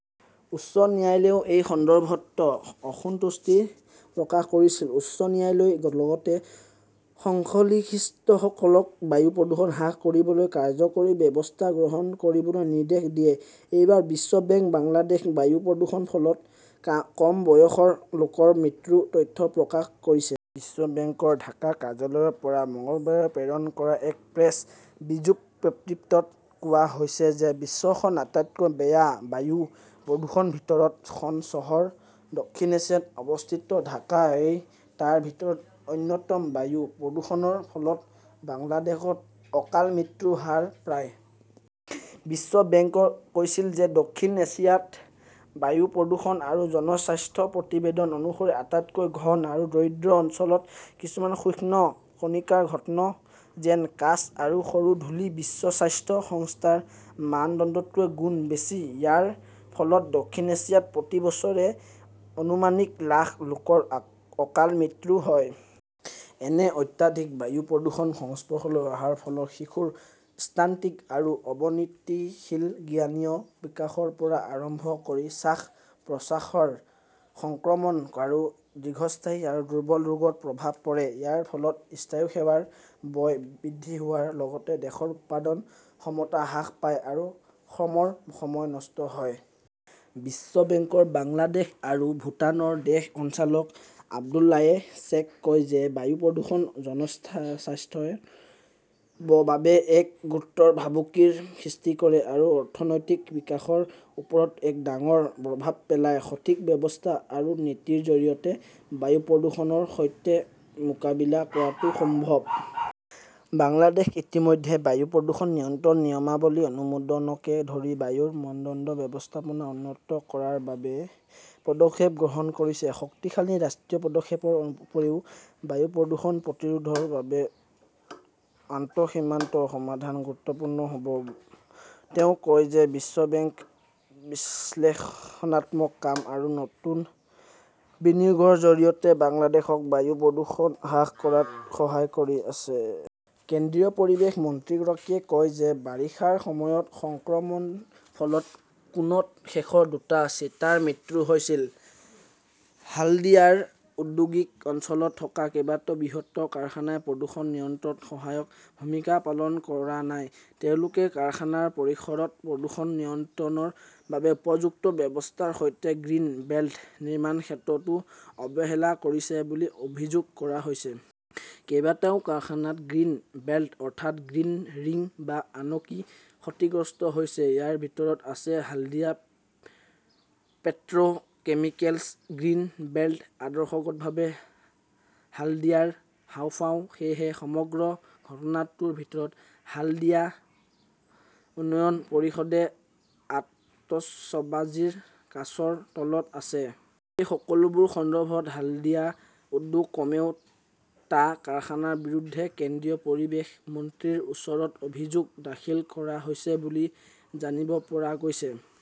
উচ্চ ন্যায়ালয়েও এই সন্দৰ্ভত "অসন্তুষ্টি" প্ৰকাশ কৰিছিল। উচ্চ ন্যায়ালয়ে লগতে সংশ্লিষ্টসকলক বায়ু প্ৰদূষণ হ্ৰাস কৰিবলৈ কাৰ্যকৰী ব্যৱস্থা গ্ৰহণ কৰিবলৈ নিৰ্দেশ দিয়ে। এইবাৰ বিশ্ব বেংকে বাংলাদেশত বায়ু প্ৰদূষণৰ ফলত কম বয়সৰ লোকৰ মৃত্যুৰ তথ্য প্ৰকাশ কৰিছে। বিশ্ব বেংকৰ ঢাকা কাৰ্যালয়ৰ পৰা মঙলবাৰে প্ৰেৰণ কৰা এক প্ৰেছ বিজ্ঞপ্তিত কোৱা হৈছে যে বিশ্বৰ খন আটাইতকৈ বেয়া বায়ু প্ৰদূষণৰ ভিতৰত খন চহৰ দক্ষিণ এছিয়াত অৱস্থিত। ঢাকা এই টাৰ ভিতৰত অন্যতম। বায়ু প্ৰদূষণৰ ফলত বাংলাদেশত অকাল মৃত্যুৰ হাৰ প্ৰায়। বিশ্ব বেংকে কৈছিল যে দক্ষিণ এছিয়াত বায়ু প্ৰদূষণ আৰু জনস্বাস্থ্য প্ৰতিবেদন অনুসৰি আটাইতকৈ ঘন আৰু দৰিদ্ৰ অঞ্চলত কিছুমান সূক্ষ্ম কণিকাৰ ঘনত্ব, যেনে কাঁচ আৰু সৰু ধূলি বিশ্ব স্বাস্থ্য সংস্থাৰ মানদণ্ডতকৈ গুণ বেছি। ইয়াৰ ফলত দক্ষিণ এছিয়াত প্ৰতি বছৰে আনুমানিক লাখ লোকৰ অকাল মৃত্যু হয়। এনে অত্যাধিক বায়ু প্ৰদূষণৰ সংস্পৰ্শলৈ অহাৰ ফলত শিশুৰ ষ্টাণ্টিং আৰু অৱনতিশীল জ্ঞানীয় বিকাশৰ পৰা আৰম্ভ কৰি শ্বাস-প্ৰশ্বাসৰ সংক্ৰমণ আৰু দীৰ্ঘস্থায়ী আৰু দুৰ্বল ৰোগৰ প্ৰভাৱ পৰে। ইয়াৰ ফলত স্বাস্থ্যসেৱাৰ ব্যয় বৃদ্ধি হোৱাৰ লগতে দেশৰ উৎপাদন ক্ষমতা হ্ৰাস পায় আৰু শ্ৰমৰ সময় নষ্ট হয়। বিশ্ব বেংকৰ বাংলাদেশ আৰু ভূটানৰ দেশ সঞ্চালক আব্দুল্লায়ে ছেকে কয় যে বায়ু প্ৰদূষণে জনস্বাস্থ্যৰ বাবে এক গুৰুতৰ ভাবুকিৰ সৃষ্টি কৰে আৰু অৰ্থনৈতিক বিকাশৰ ওপৰত এক ডাঙৰ প্ৰভাৱ পেলায়। সঠিক ব্যৱস্থা আৰু নীতিৰ জৰিয়তে বায়ু প্ৰদূষণৰ সৈতে মোকাবিলা কৰাটো সম্ভৱ। বাংলাদেশ ইতিমধ্যে বায়ু প্ৰদূষণ নিয়ন্ত্ৰণ নিয়মাৱলীৰ অনুমোদনকে ধৰি বায়ুৰ মানদণ্ড ব্যৱস্থাপনা উন্নত কৰাৰ বাবে পদক্ষেপ গ্ৰহণ কৰিছে। শক্তিশালী ৰাষ্ট্ৰীয় পদক্ষেপৰ উপৰিও, বায়ু প্ৰদূষণ প্ৰতিৰোধৰ বাবে আন্তঃসীমান্ত সমাধান গুৰুত্বপূৰ্ণ হ "ব। তেওঁ কয় যে বিশ্ব বেংকে বিশ্লেষণাত্মক কাম আৰু নতুন বিনিয়োগৰ জৰিয়তে বাংলাদেশক বায়ু প্ৰদূষণ হ্ৰাস কৰাত সহায় কৰি আছে। কেন্দ্ৰীয় পৰিৱেশ মন্ত্ৰীগৰাকীয়ে কয় যে বাৰিষাৰ সময়ত সংক্ৰমণৰ ফলত কুনুত শেষৰ দুটা চিতাৰ মৃত্যু হৈছিল। হালদিয়াৰ ঔদ্যোগিক অঞ্চলত থকা কেইবাটাও বৃহৎ কাৰখানাই প্ৰদূষণ নিয়ন্ত্ৰণত সহায়ক ভূমিকা পালন কৰা নাই। তেওঁলোকে কাৰখানাৰ পৰিসৰত প্ৰদূষণ নিয়ন্ত্ৰণৰ বাবে উপযুক্ত ব্যৱস্থাৰ সৈতে গ্ৰীণ বেল্ট নিৰ্মাণৰ ক্ষেত্ৰতো অৱহেলা কৰিছে বুলি অভিযোগ কৰা হৈছে। কেইবাটাও কাৰখানাত গ্ৰীণ বেল্ট অৰ্থাৎ গ্ৰীণ ৰিং বা আনকি ক্ষতিগ্ৰস্ত হৈছে। ইয়াৰ ভিতৰত আছে Haldia "petrochemicals. Green belt আদৰ্শগতভাৱে হাল্ডিয়াৰ হাঁওফাঁও। সেয়েহে সমগ্ৰ ঘটনাটোৰ ভিতৰত হালদিয়া উন্নয়ন পৰিষদেও আতচবাজীৰ কাচৰ তলত আছে। এই সকলোবোৰৰ সন্দৰ্ভত হালদিয়া উদ্যোগৰ কমেও টা কাৰখানাৰ বিৰুদ্ধে কেন্দ্ৰীয় পৰিৱেশ মন্ত্ৰীৰ ওচৰত অভিযোগ দাখিল কৰা হৈছে বুলি জানিব পৰা গৈছে।